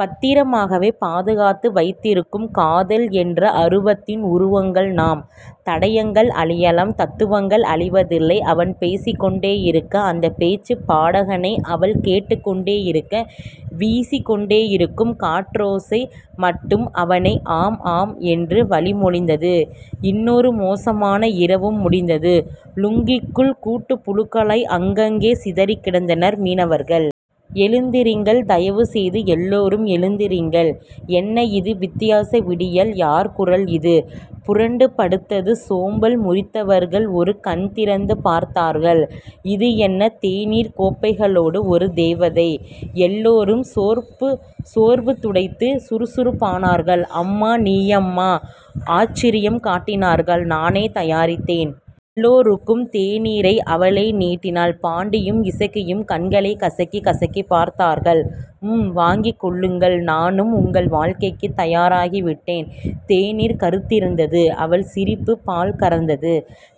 பத்திரமாகவே பாதுகாத்து வைத்திருக்கும். காதல் என்ற அருவத்தின் உருவங்கள் நாம். தடயங்கள் அழியலாம். தத்துவங்கள் அழிவதில்லை. அவன் பேசிக்கொண்டேயிருக்க அந்தப் பேச்சுப் பாடகனை அவள் கேட்டுக்கொண்டேயிருக்க வீசிக் கொண்டேயிருக்கும் காற்றோசை மட்டும் அவனை ஆம் ஆம் என்று வழிமொழிந்தது. இன்னொரு மோசமான இரவும் முடிந்தது. லுங்கிக்குள் கூட்டுப் புழுக்களாய் அங்கங்கே சிதறிக் கிடந்தனர் மீனவர்கள். எழுந்திருங்கள். தயவுசெய்து எல்லோரும் எழுந்திருங்கள். என்ன இது, வித்தியாச விடியல். யார் குரல் இது? புரண்டுபடுத்துச் சோம்பல் முறித்தவர்கள் ஒரு கண் திறந்து பார்த்தார்கள். இது என்ன, தேநீர்க் கோப்பைகளோடு ஒரு தேவதை. எல்லோரும் சோர்வுதுடைத்துச் சுறுசுறுப்பானார்கள். அம்மா. நீயாம்மா? ஆச்சரியம் காட்டினார்கள். நானே தயாரித்தேன். எல்லோருக்கும் தேநீரை அவளே நீட்டினாள். பாண்டியும் இசக்கியும் கண்களைக் கசக்கிக் கசக்கிப் பார்த்தார்கள். ம்.. வாங்கிக் கொள்ளுங்கள். நானும் உங்கள் வாழ்க்கைக்குத் தயாராகிவிட்டேன். தேநீர் கறுத்திருந்தது. அவள் சிரிப்பு பால் கலந்தது.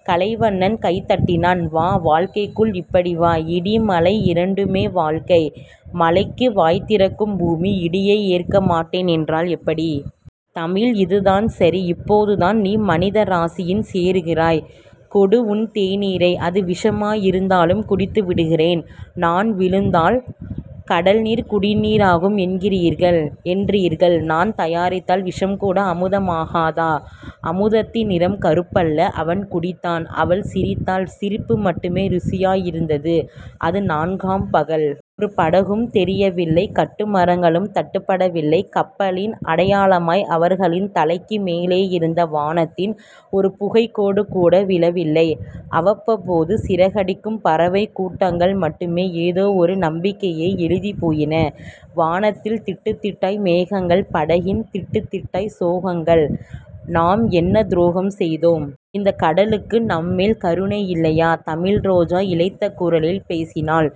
கலைவண்ணன் கைதட்டினான். வா. வாழ்க்கைக்குள் இப்படி வா. இடி-மழை இரண்டுமே வாழ்க்கை.. மழைக்கு வாய்திறக்கும் பூமி, இடியை ஏற்க மாட்டேன் என்றால் எப்படி? தமிழ். இதுதான் சரி. இப்போதுதான் நீ மனிதராசியில் சேருகிறாய். கொடு உன் தேநீரை. அது விஷமாயிருந்தாலும் குடித்துவிடுகிறேன். நான் விழுந்தால் கடல்நீர் குடிநீராகும் என்றீர்கள். நான் தயாரித்தால் விஷம்கூட அமுதமாகாதா? அமுதத்தின் நிறம் கறுப்பல்ல. அவன் குடித்தான். அவள் சிரித்தாள். சிரிப்பு மட்டுமே ருசியாயிருந்தது. அது நான்காம் பகல். ஒரு படகும் தெரியவில்லை. கட்டுமரங்களும் தட்டுப்படவில்லை. கப்பலின் அடையாளமாய் அவர்களின் தலைக்கு மேலே இருந்த வானத்தில் ஒரு புகைக்கோடுகூட விழவில்லை. அவ்வப்போது சிறகடிக்கும் பறவைக் கூட்டங்கள் மட்டுமே ஏதோ ஒரு நம்பிக்கையை எழுதிப்போயின. வானத்தில் திட்டுத்திட்டாய் மேகங்கள் படகில் திட்டுத்திட்டாய் சோகங்கள். நாம் என்ன துரோகம் செய்தோம்? இந்தக் கடலுக்கு நம்மேல் கருணை இல்லையா? தமிழ்ரோஜா இளைத்த குரலில் பேசினாள்.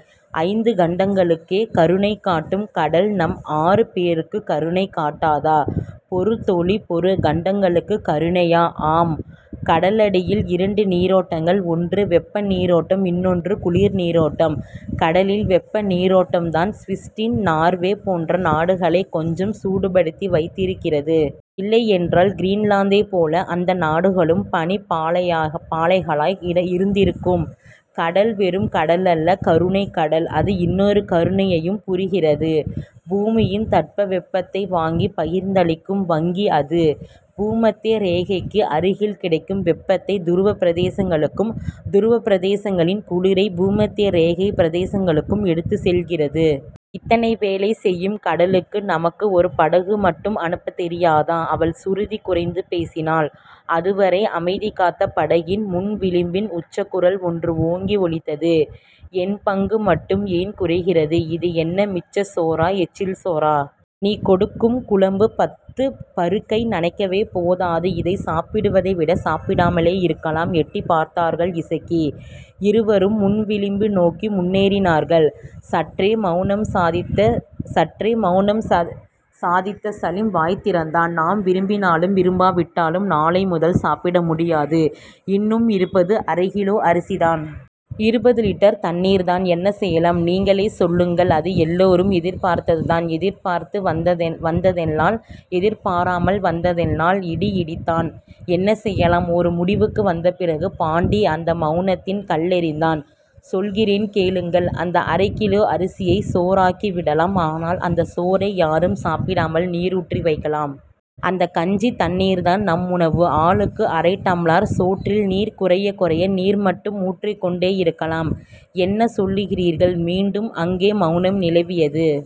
ஐந்து கண்டங்களுக்கே கருணைகாட்டும் கடல் நம் ஆறு பேருக்குக் கருணைகாட்டாதா? பொறு தோழி பொறு. கண்டங்களுக்குக் கருணையா? ஆமாம். கடலடியில் இரண்டு நீரோட்டங்கள். ஒன்று வெப்ப நீரோட்டம், இன்னொன்று குளிர்நீரோட்டம். கடலின் வெப்ப நீரோட்டம் தான் ஸவீடன், நார்வே போன்ற நாடுகளைக் கொஞ்சம் சூடுபடுத்தி வைத்திருக்கிறது. இல்லையென்றால். கிரீன்லாந்தைப் போல அந்த நாடுகளும் பனிப்பாலைகளாய் இருந்திருக்கும். கடல் வெறும் கடலல்ல கருணைக்கடல் அது இன்னொரு கருணையும் புரிகிறது. பூமியின் தட்பவெப்பத்தை வாங்கிப் பகிர்ந்தளிக்கும் வங்கி அது. பூமத்திய ரேகைக்கு அருகில் கிடைக்கும் வெப்பத்தைத் துருவப் பிரதேசங்களுக்கும் துருவப் பிரதேசங்களின் குளிரை பூமத்திய ரேகைப் பிரதேசங்களுக்கும் எடுத்துச் செல்கிறது. இத்தனை வேலை செய்யும் கடலுக்கு நமக்கு ஒரு படகு மட்டும் அனுப்பத் தெரியாதா? அவள் சுருதி குறைந்து பேசினாள். அதுவரை அமைதிகாத்த படகின் முன்விளிம்பில், உச்சக்குரல் ஒன்று ஓங்கி ஒலித்தது. என் பங்கு மட்டும் ஏன் குறைகிறது? இது என்ன மிச்சச் சோறா? எச்சில் சோறா? நீ கொடுக்கும் குழம்பு பத்துப் பருக்கை நனைக்கவே போதாது. இதைச் சாப்பிடுவதை விடச் சாப்பிடாமலே இருக்கலாம். எட்டிப்பார்த்தார்கள் இசக்கி. இருவரும் முன்விளிம்பு நோக்கி முன்னேறினார்கள். சற்றே மெளனம் சாதித்த சலீம் வாய்திறந்தான். நாம் விரும்பினாலும் விரும்பாவிட்டாலும் நாளை முதல் சாப்பிடமுடியாது. இன்னும் இருப்பது அரைகிலோ அரிசிதான். இருபது லிட்டர் தண்ணீர்தான் என்ன செய்யலாம்? நீங்களே சொல்லுங்கள். அது எல்லோரும் எதிர்பார்த்ததுதான், எதிர்பார்த்து வந்தாலென்ன எதிர்பாராமல் வந்தாலென்ன இடி இடிதான். என்ன செய்யலாம்? ஒரு முடிவுக்கு வந்தபிறகு பாண்டி அந்த மெளனத்தில் கல்லெறிந்தான். சொல்கிறேன், கேளுங்கள். அந்த அரைகிலோ அரிசியைச் சோறாக்கிவிடலாம். ஆனால், அந்தச் சோற்றை யாரும் சாப்பிடாமல் நீருற்றி வைக்கலாம். அந்தக் கஞ்சித் தண்ணீர்தான் நம் உணவு, ஆளுக்கு அரை டம்ளர். சோற்றில் நீர் குறையக் குறைய நீர் மட்டும் ஊற்றிக் கொண்டேயிருக்காலாம். என்ன சொல்கிறீர்கள்? மீண்டும் அங்கே மெளனம் நிலவியது.